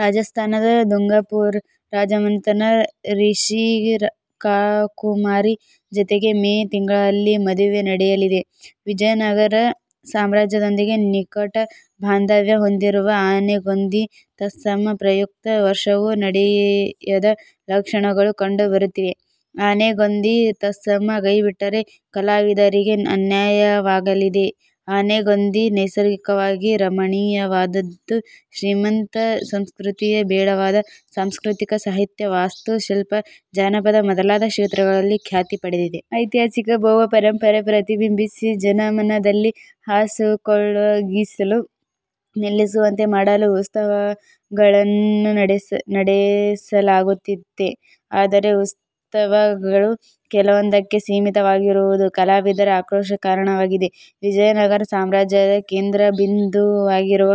ರಾಜಸ್ಥಾನದ ದುಂಗರ್ಪುರ್ ರಾಜಮನೆತನದ ರಿಶಿಕಾಕುಮಾರಿ ಜತೆಗೆ ಮೇ ತಿಂಗಳಲ್ಲಿ ಮದುವೆ ನಡೆಯಲಿದೆ. ವಿಜಯನಗರ ಸಾಮ್ರಾಜ್ಯದೊಂದಿಗೆ ನಿಕಟ ಬಾಂಧವ್ಯ ಹೊಂದಿರುವ ಆನೆಗೊಂದಿ ಉತ್ಸವ ಪ್ರಸಕ್ತ ವರ್ಷವೂ ನಡೆಯದ ಲಕ್ಷಣಗಳು ಕಂಡು ಬರುತ್ತಿವೆ. ಆನೆಗೊಂದಿ ಉತ್ಸವ ಕೈ ಬಿಟ್ಟರೆ ಕಲಾವಿದರಿಗೆ ಅನ್ಯಾಯವಾಗಲಿದೆ. ಆನೆಗೊಂದಿ ನೈಸರ್ಗಿಕವಾಗಿ ರಮಣೀಯವಾದುದ್ದು. ಶ್ರೀಮಂತ ಸಂಸ್ಕೃತಿಯ ಬೀಡಾದ ಸಾಂಸ್ಕೃತಿಕ ಸಾಹಿತ್ಯೀಕ ವಾಸ್ತು ಶಿಲ್ಪ, ಜಾನಪದ ಮೊದಲಾದ ಕ್ಷೇತ್ರಗಳಲ್ಲಿ ಖ್ಯಾತಿ ಪಡೆದಿದೆ. ಐತಿಹಾಸಿಕ ಭವ್ಯ ಪರಂಪರೆ ಪ್ರತಿಬಿಂಬಿಸಿ ಜನಮನದಲ್ಲಿ ಹಾಸುಹೊಕ್ಕಾಗಿಸಲು ನೆಲೆಸುವಂತೆ ಮಾಡಲು ಉತ್ಸವಗಳನ್ನು ನಡೆಸಲಾಗುತ್ತಿದೆ. ಆದರೆ ಉತ್ಸವಗಳು ಕೆಲವೊಂದಕ್ಕೆ ಸೀಮಿತವಾಗಿರುವುದು ಕಲಾವಿದರ ಆಕ್ರೋಶಕ್ಕೆ ಕಾರಣವಾಗಿದೆ. ವಿಜಯನಗರ ಸಾಮ್ರಾಜ್ಯದ ಕೇಂದ್ರಬಿಂದುವಾಗಿರುವ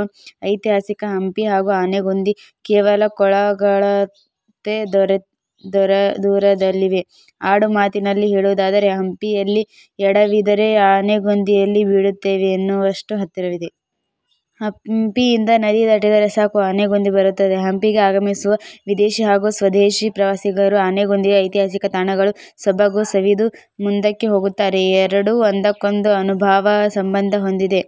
ಐತಿಹಾಸಿಕ ಹಂಪಿ ಹಾಗೂ ಆನೆಗೊಂದಿ ಕೇವಲ ಕೂಗಳತೆ ದೂರದಲ್ಲಿವೆ. ಆಡು ಮಾತಿನಲ್ಲಿ ಹೇಳುವುದಾದರೆ ಹಂಪಿಯಲ್ಲಿ ಎಡವಿದರೆ ಆನೆಗೊಂದಿಯಲ್ಲಿ ಬೀಳುತ್ತೇವೆ ಎನ್ನುವಷ್ಟು ಹತ್ತಿರದಲ್ಲಿವೆ. ಹಂಪಿಯಿಂದ ನದಿ ದಾಟಿದರೆ ಸಾಕು ಆನೆಗೊಂದಿ ಬರುತ್ತದೆ. ಹಂಪಿಗೆ ಆಗಮಿಸುವ ವಿದೇಶಿ ಹಾಗೂ ಸ್ವದೇಶಿ ಪ್ರವಾಸಿಗರು ಆನೆಗೊಂದಿಯ ಐತಿಹಾಸಕ ತಾಣಗಳ ಸೊಬಗು ಸವಿದು ಮುಂದಕ್ಕೆ ಹೋಗುತ್ತಾರೆ. ಎರಡು ಒಂದಕ್ಕೊಂದು ಅವಿನಾಭಾವ ಸಂಬಂಧ ಹೊಂದಿವೆ.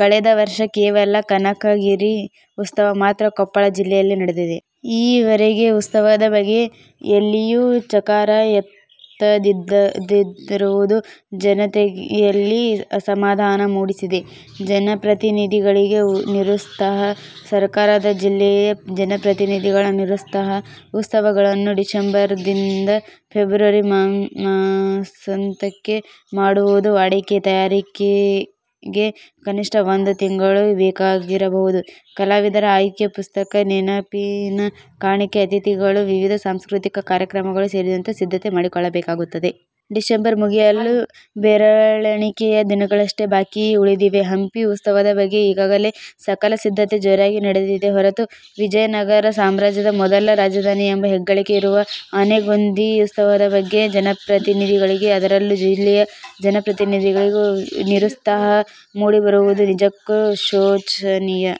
ಕಳೆದ ವರ್ಷ ಕೇವಲ ಕನಕಗಿರಿ ಉತ್ಸವ ಮಾತ್ರ ಕೊಪ್ಪಳ ಜಿಲ್ಲೆಯಲ್ಲಿ ನಡೆದಿದೆ. ಈ ವರೆಗೆ ಉತ್ಸವದ ಬಗ್ಗೆ ಎಲ್ಲಿಯೂ ಚಕಾರ ಎತ್ತದಿರುವುದು ಜನತೆಯಲ್ಲಿ ಅಸಮಾಧಾನ ಮೂಡಿಸಿದೆ. ಜನಪ್ರತಿನಿಧಿಗಳಿಗೆ ನಿರುತ್ಸಾಹ: ಸರಕಾರದ, ಜಿಲ್ಲೆಯ ಜನಪ್ರತಿನಿಧಿಗಳ ನಿರುತ್ಸಾಹ: ಉತ್ಸವಗಳನ್ನು ಡಿಸೆಂಬರ್ದಿಂದ ಫೆಬ್ರವರಿ ಮಾಸಾಂತ್ಯಕ್ಕೆ ಮಾಡುವುದು ವಾಡಿಕೆ. ತಯಾರಿಗೆ ಕನಿಷ್ಠ ಒಂದು ತಿಂಗಳು ಬೇಕಾಗಬಹುದು. ಕಲಾವಿದರ ಆಯ್ಕೆ, ಪುಸ್ತಕ, ನೆನಪಿನ ಕಾಣಿಕೆ, ಅತಿಥಿಗಳು ವಿವಿಧ ಸಾಂಸ್ಕೃತಿಕ ಕಾರ್ಯಕ್ರಮ ಸೇರಿದಂತೆ ಸಿದ್ಧತೆ ಮಾಡಿಕೊಳ್ಳಬೇಕಾಗುತ್ತದೆ. ಡಿಸೆಂಬರ್ ಮುಗಿಯಲು ಬೆರಳೆಣಿಕೆಯ ದಿನಗಳಷ್ಟೇ ಬಾಕಿ ಉಳಿದಿವೆ. ಹಂಪಿ ಉತ್ಸವದ ಬಗ್ಗೆ ಈಗಾಗಲೇ ಸಕಲ ಸಿದ್ಧತೆ ಜೋರಾಗಿ ನಡೆದಿದೆಯೇ ಹೊರತು ವಿಜಯ ನಗರ ಸಾಮ್ರಾಜ್ಯದ ಮೊದಲ ರಾಜಧಾನಿ ಎಂಬ ಹೆಗ್ಗಳಿಕೆ ಇರುವ ಆನೆಗೊಂದಿ ಉತ್ಸವದ ಬಗ್ಗೆ ಜನಪ್ರತಿನಿಧಿಗಳಿಗೆ ಅದರಲ್ಲೂ ಜಿಲ್ಲೆಯ ಜನಪ್ರತಿನಿಧಿಗಳಿಗೆ ನಿರುತ್ಸಾಹ ಮೂಡಿರುವುದು ನಿಜಕ್ಕೂ ಶೋಚನೀಯ.